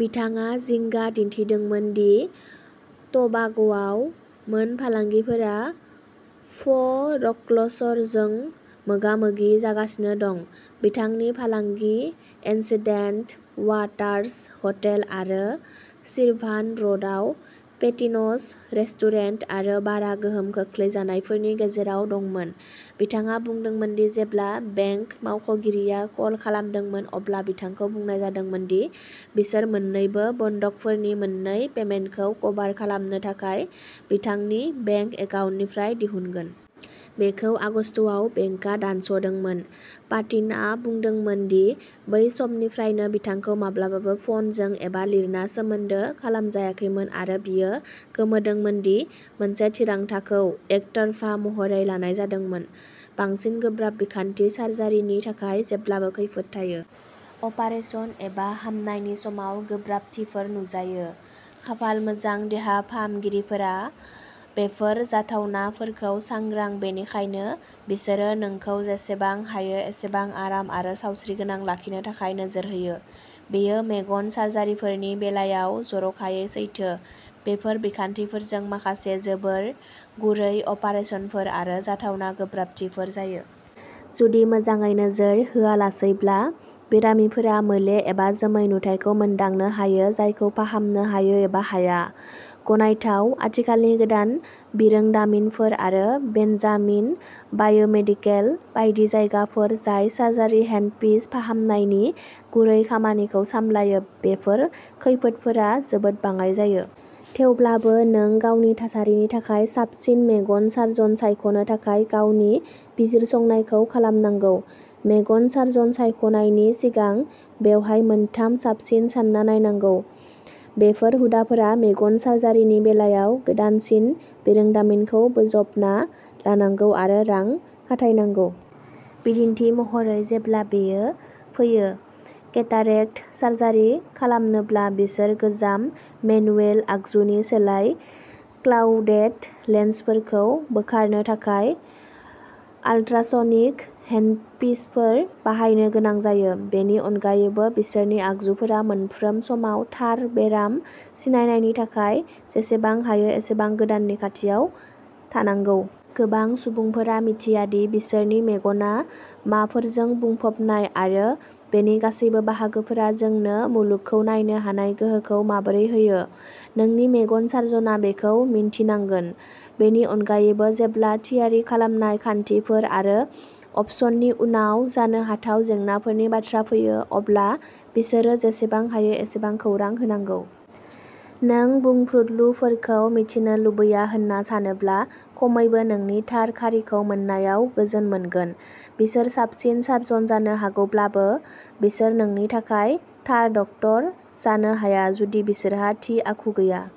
बिथाङा जिंगा दिन्थिदोंमोन दि ट'बाग'आव मोन फालांगिफोरा फ'रक्ल'सर्जों मोगा-मोगि जागासिनो दं। बिथांनि फालांगि, एनचेन्टेड वाटार्स हटेल आरो शिरभान र'डआव पेटिन'स रेस्टुरेन्ट आरो बारआ गोहोम खोख्लैजानायफोरनि गेजेराव दंमोन। बिथाङा बुंदोंमोन दि जेब्ला बेंक मावख'गिरिआ कल खालामदोंमोन अब्ला बिथांखौ बुंनाय जादोंमोन दि बिसोर मोन्नैबो बन्दकफोरनि मोननै पेमेन्टखौ कभार खालामनो थाखाय बिथांनि बेंक एकाउन्टनिफ्राय दिहुनगोन। बेखौ आगस्तआव बेंकआ दानस'दोंमोन। पाटिन'आ बुंदोंमोन दि बै समनिफ्रायनो बिथांखौ "माब्लाबाबो फ'नजों एबा लिरना सोमोन्दो खालामजायाखैमोन" आरो बियो गोमोदोंमोन दि मोनसे थिरांथाखौ "एकतरफा महरै लानाय जादोंमोन"। बांसिन गोब्राब बिखान्थि, सार्जारिनि थाखाय जेब्लाबो खैफोद थायो। अपारेसन एबा हामनायनि समाव गोब्राबथिफोर नुजायो। खाफाल मोजां, देहा फाहामगिरिफोरा बेफोर जाथावनाफोरखौ सांग्रां, बेनिखायनो बिसोरो नोंखौ जेसेबां हायो एसेबां आराम आरो सावस्रिगोनां लाखिनो थाखाय नोजोर होयो। बेयो मेगन सार्जारिफोरनि बेलायाव जर'खायै सैथो। बेफोर बिखान्थिफोरजों माखासे जोबोर गुरै अपारेसनफोर आरो जाथावना गोब्राबथिफोर जायो। जुदि मोजाङै नोजोर होआलासैब्ला, बेरामिफोरा मोले एबा जोमै नुथायखौ मोनदांनो हायो जायखौ फाहामनो हायो एबा हाया। गनायथाव, आथिखालनि गोदान बिरोंदामिनफोर आरो बेनजामिन बायोमेडिकेल बायदि जायगाफोर जाय सार्जारि हेन्डपिस फाहामनायनि गुरै खामानिखौ सामलायो, बेफोर खैफोदफोरा जोबोद बाङाइ जायो। थेवब्लाबो, नों गावनि थासारिनि थाखाय साबसिन मेगन सार्जन सायख'नो थाखाय गावनि बिजिरसंनायखौ खालामनांगौ। मेगन सार्जन सायख'नायनि सिगां बेवहाय मोनथाम साबसिन सान्ना नायनांगौ। बेफोर हुदाफोरा मेगन सार्जारिनि बेलायाव गोदानसिन बिरोंदामिनखौ बोजबना लानांगौ आरो रां खाथायनांगौ। बिदिन्थि महरै, जेब्ला बेयो फैयो। केटारेक्ट सार्जारि खालामनोब्ला, बिसोर गोजाम मेनुएल आगजुनि सोलाय क्लाउडेड लेन्सफोरखौ बोखारनो थाखाय आल्ट्रासनिक हेन्डपिसफोर बाहायनो गोनां जायो। बेनि अनगायैबो, बिसोरनि आगजुफोरा मोनफ्रोम समाव थार बेराम सिनायनायनि थाखाय जेसेबां हायो एसेबां गोदाननि खाथियाव थानांगौ। गोबां सुबुंफोरा मिथिया दि बिसोरनि मेगना माफोरजों बुंफबनाय आरो बेनि गासैबो बाहागोफोरा जोंनो मुलुगखौ नायनो हानाय गोहोखौ माबोरै होयो। नोंनि मेगन सार्जनआ बेखौ मिन्थिनांगोन। बेनि अनगायैबो, जेब्ला थियारि खालामनाय, खान्थिफोर आरो अपसननि उनाव जानो हाथाव जेंनाफोरनि बाथ्रा फैयो, अब्ला बिसोरो जेसेबां हायो एसेबां खौरां होनांगौ। नों बुंफ्रुदलुफोरखौ मिथिनो लुबैया होनना सानोब्ला, खमैबो नोंनि थार खारिखौ मोननायाव गोजोन मोनगोन। बिसोर साबसिन सार्जन जानो हागौब्लाबो, बिसोर नोंनि थाखाय थार डक्टर जानो हाया जुदि बिसोरहा थि आखु गैया।